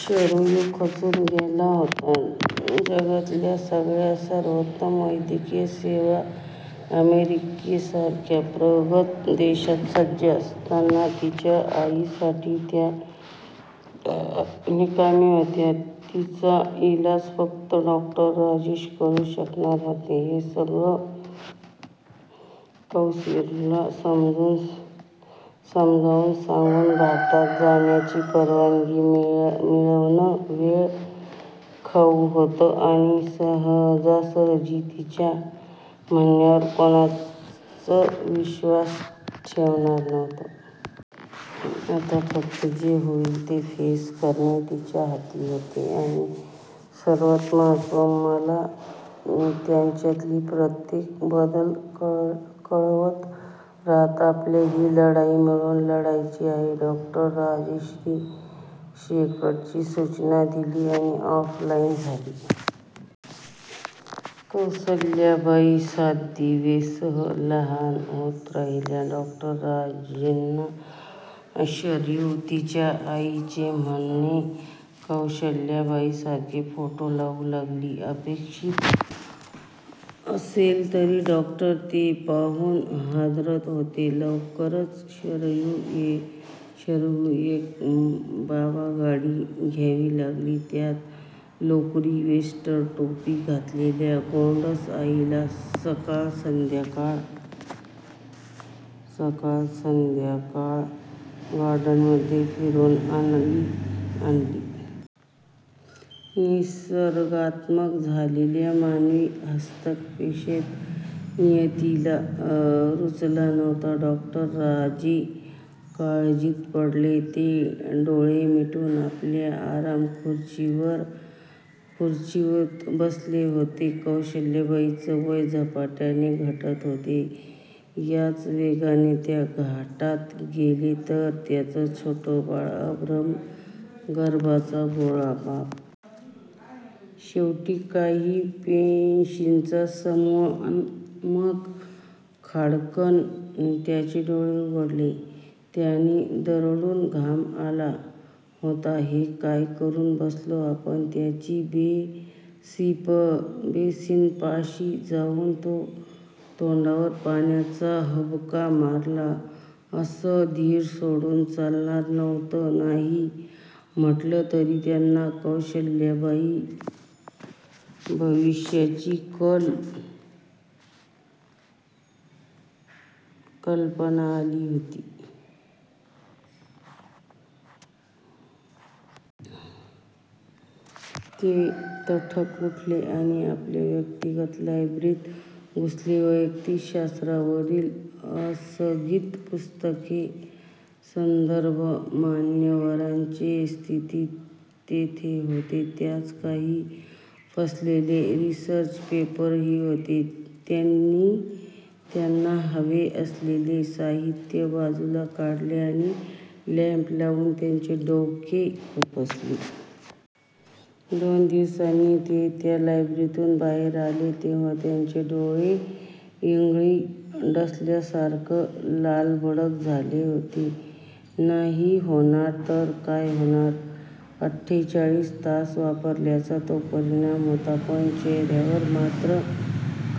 शरयू खचून गेली होती. जगातल्या सगळ्या, सर्वोत्तम वैद्यकीय सेवा अमेरिकेसारख्या प्रगत देशात सज्ज असताना, तिच्या आई साठी त्या निकामी होत्या! तिचा इलाज फक्त डॉ. राजेच करू शकणार होते. हे सगळं कॉऊंसिलरला समजावून सांगून भारतात जाण्याची परवानगी मिळवणं वेळ खाऊ होत आणि सहजासहजी तिच्या म्हणण्यावर कोणीच विश्वास ठेवणार नव्हतं. आता फक्त जे होईल ते फेस करणे तिच्या हाती होते आणि सर्वात महत्वाचं, मला त्यांच्यातील प्रत्येक बदल कळवत रहा! आपल्याला हि लढाई मिळून लढायची आहे! डॉ. राजेनी शेवटची सूचना दिली आणि ऑफ लाईन झाले. कौसल्याबाई दिवसेंदिवस लहान होत राहिल्या! डॉ. राजेंना, शरयू तिच्या आईचे म्हणजे कौसल्याबाईंचे फोटो पाठवू लागली. अपेक्षित असले तरी डॉक्टर ते पाहून हादरत होते. लवकरच शरयूला एक बाबागाडी घ्यावी लागली! त्यात लोकरी स्वेटर- टोपी घातलेल्या गोंडस 'आईला', सकाळ संध्याकाळ गार्डनमध्ये फिरवून आणू लागली! निसर्गक्रमात झालेला मानवी हस्तक्षेप नियतीला रुचला नव्हता! डॉक्टर राजे काळजीत पडले. ते डोळे मिटून आपल्या आरामखुर्चीत बसले होते. कौसल्याबाईंचं वय झपाट्याने घटत होत. याच वेगाने ते घाटात गेले तर? त्या छोटं बाळ अभ्रक गर्भाचा गोळा बापरे! शेवटी काही पेशींचा समूह अन मग! खाड्कन त्यांनी डोळे उघडले! त्यांना दरदरून घाम आला होता! हे काय करून बसलोय आपण? त्यांनी बेसिनपाशी जाऊन तोंडावर पाण्याचा हबका मारला. असं धीर सोडून चालणार नव्हतं. नाही म्हटलंतरी त्यांना कौशल्याबाईंच्या भविष्याची कल्पना आलीच होती. ते तडक उठले आणि आपल्या व्यक्तिगत लायब्ररीत घुसले. वैद्यकीय शास्त्रावरील अगणित पुस्तके, संदर्भ, मान्यवरांचे थिसीस तेथे होते. त्यात काही फसलेले रिसर्च पेपरही होते. त्यांनी त्यांना हवे असलेले साहित्य बाजूला काढले आणि लॅम्प लावून त्यात डोके खुपसले. दोन दिवसांनी ते त्या लायब्ररीतुन बाहेर आले तेव्हा त्यांचे डोळे, इंगळी डसल्यागत लालभडक झाले होते. नाही होणार तर काय होणार? अठ्ठेचाळीस तास वापरल्याचा तो परिणाम होता. पण चेहऱ्यावर मात्र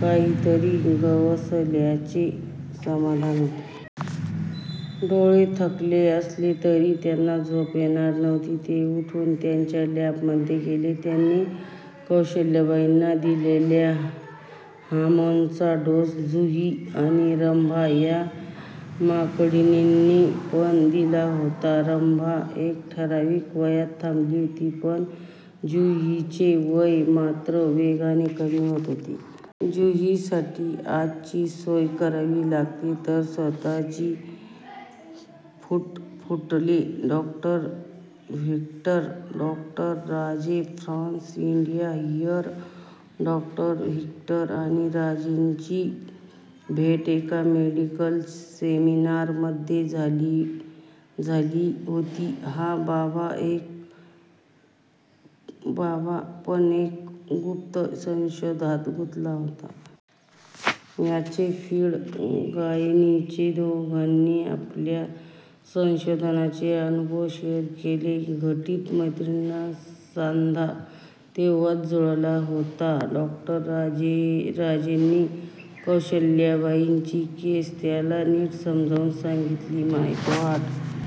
काहीतरी गवसल्याचे समाधान होते! डोळे थकले असले तरी त्यांना झोप येणार नव्हती. ते उठून त्यांच्या लॅब मध्ये गेले. त्यांनी कौशल्याबाईंना दिलेल्या हार्मोनचा डोस 'जुही' आणि 'रंभा' या माकडिणींना पण दिला होता. रंभा एका ठराविक वयात थांबली होती, पण जुहीचे वय मात्र वेगाने कमी होत होते. 'जुही साठी, आज ची सोया करावी लागणार.' ते स्वतःशीच पुटपुटले. "Doctor Victor? " "Doctor Raje from India here! " डॉ व्हिक्टर आणि राजेंची भेट एका मेडिकल सेमिनार मध्ये झाली होती. हा बाबा पण एका गुप्त संशोधनात गुंतला होता. याचे फिल्ड गायनीकचे. दोघांनी आपल्या संशोधनाचे अनुभव शेयर केले. घनिष्ट मैत्रीचा सांधा तेव्हाच जुळला होता. डॉ. राजेंनी कौसल्याबाईंची केस त्याला नीट समजावून सांगितली. My God!